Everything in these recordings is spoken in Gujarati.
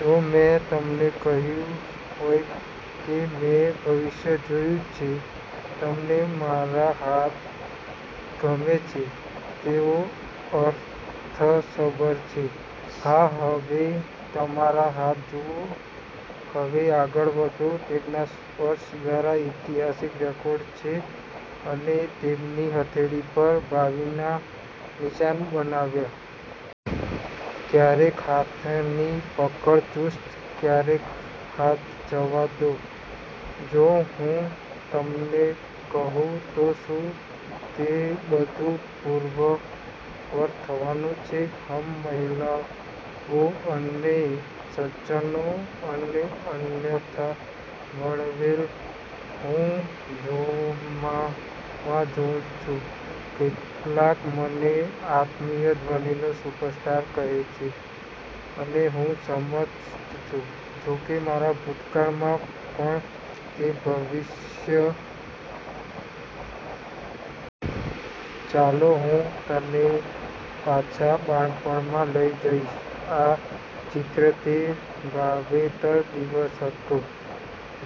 જો મેં તમને કહ્યું હોય કે મેં ભવિષ્ય જોયું છે? તમને મારા હાથ ગમે છે? તેઓ અર્થસભર છે, હા? હવે તમારા હાથ જુઓ હવે આગળ વધો. તેમના સ્પર્શ દ્વારા ઇતિહાસ રેકોર્ડ છે અને તેમની હથેળી પર ભાવિના નિશાન બનાવ્યાં. ક્યારેક હાથની પકડ ચુસ્ત, ક્યારેક હાથ જવા દો. જો હું તમને કહું તો શું તે બધું પૂર્વવત્ થવાનું છે? હમ્. મહિલાઓ અને સજ્જનો અને અન્યથા વર્ણવેલ, હું જોમામા જોન્સ છું. કેટલાક મને આત્મિય ધ્વનિનો સુપરસ્ટાર કહે છે, અને હું સંમત છું, જોકે મારા ભૂતકાળમાં પણ તે ભવિષ્ય ચાલો હું તને પાછા બાળપણમાં લઈ જઈશ. આ ચિત્ર: તે વાવેતર દિવસ હતો,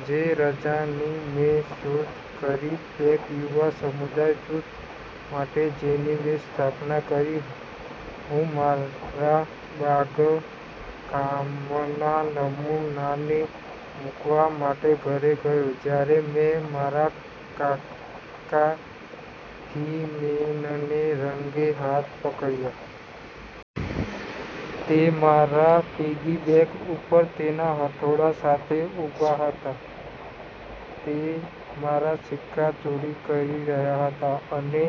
જે રજા ની મેં શોધ કરી બ્લેક યુવા સમુદાય જૂથ માટે જેની મેં સ્થાપના કરી. હું મારા બાગકામના નમૂનાને મૂકવા માટે ઘરે ગયો જ્યારે મેં મારા કાકા ફ્રીમેનને રંગે હાથ પકડ્યા. તે મારા પિગી બેંક ઉપર તેના હથોડા સાથે ઉભા હતા. તે મારા સિક્કા ચોરી કરી રહ્યા હતા. અને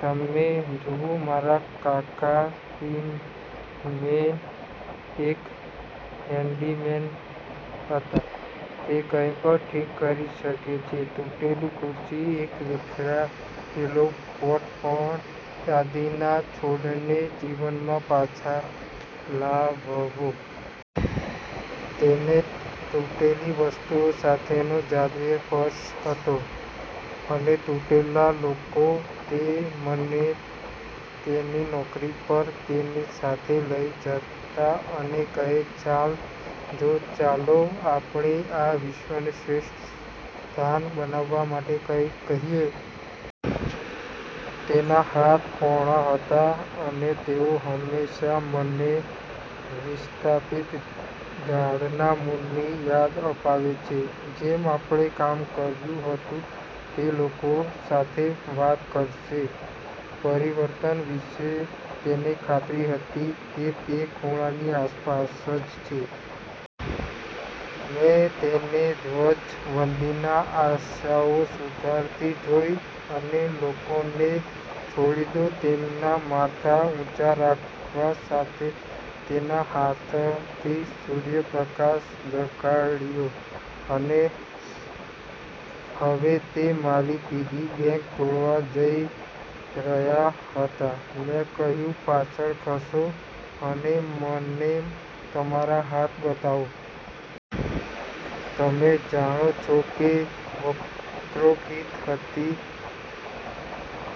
તમે જુઓ, મારા કાકા ફ્રીમેન એક હેન્ડીમેન હતા. તે કંઈપણ ઠીક કરી શકે છે તૂટેલી ખુરશી, એક વિખેરાયેલો પોટ પણ દાદીના છોડને જીવનમાં પાછા લાવવો. તેને તૂટેલી વસ્તુઓ સાથેનો જાદુઈ સ્પર્શ હતો... અને તૂટેલા લોકો. તે મને તેની નોકરી પર તેની સાથે લઈ જતા અને કહે, ચાલ જો, ચાલો આપણે આ વિશ્વને શ્રેષ્ઠ સ્થાન બનાવવા માટે કંઈક કરીએ. " તેના હાથ પહોળા હતા, અને તેઓ હંમેશાં મને વિસ્થાપિત ઝાડના મૂળની યાદ અપાવે છે. જેમ આપણે કામ કર્યું હતું તે લોકો સાથે વાત કરશે પરિવર્તન વિશે તેને ખાતરી હતી કે તે ખૂણાની આસપાસ જ છે. મેં તેને ધ્વજવંદીની આશાઓ સુધારતી જોઇ અને લોકોને છોડી દો તેમના માથા ઊંચા રાખવા સાથે. તેના હાથથી સૂર્યપ્રકાશ જગાડ્યો. અને હવે તે મારી પિગી બેંક તોડવા જઇ રહ્યા હતા. મેં કહ્યું, "પાછળ ખસો, અને મને તમારા હાથ બતાવો. " તમે જાણો છો કે વક્રોક્તિ હતી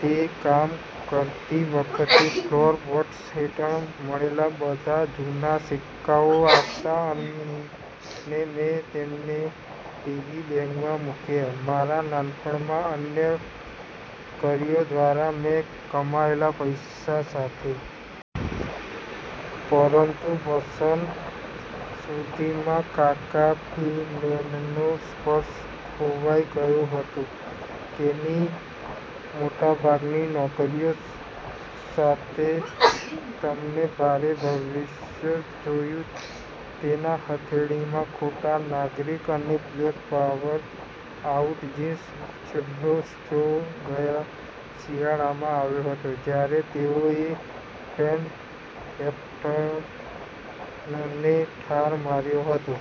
તે કામ કરતી વખતે ફ્લોરબોર્ડ્સ હેઠળ મળેલા બધા જૂના સિક્કાઓ આપતા અને મેં તેમને પિગી બેંકમાં મૂક્યા મારા નાનપણમાં અન્ય કર્યો દ્વારા મેં કમાયેલા પૈસા સાથે. પરંતુ વસંત સુધીમાં કાકા ફ્રીમેનનો સ્પર્શ ખોવાઈ ગયો હતો... તેની મોટાભાગની નોકરીઓ સાથે. તેમને ભારે ભવિષ્ય જોયું તેના હથેળીમાં ખોટા નાગરિક અને બ્લેક પાવર આઉટેજિસ. છેલ્લો સ્ટ્રો ગયા શિયાળામાં આવ્યો હતો જ્યારે તેઓએ ફ્રેડ હેમ્પટનને ઠાર માર્યો હતો.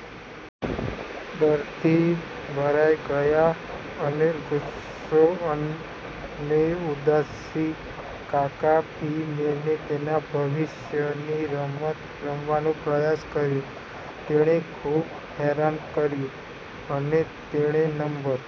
ડરથી ભરાઈ ગયાં અને ગુસ્સો અને ઉદાસી, કાકા ફ્રીમેને તેના ભવિષ્યની રમત રમવાનો પ્રયાસ કર્યો. તેણે ખૂબ હેરાન કર્યું, અને તેણે નંબર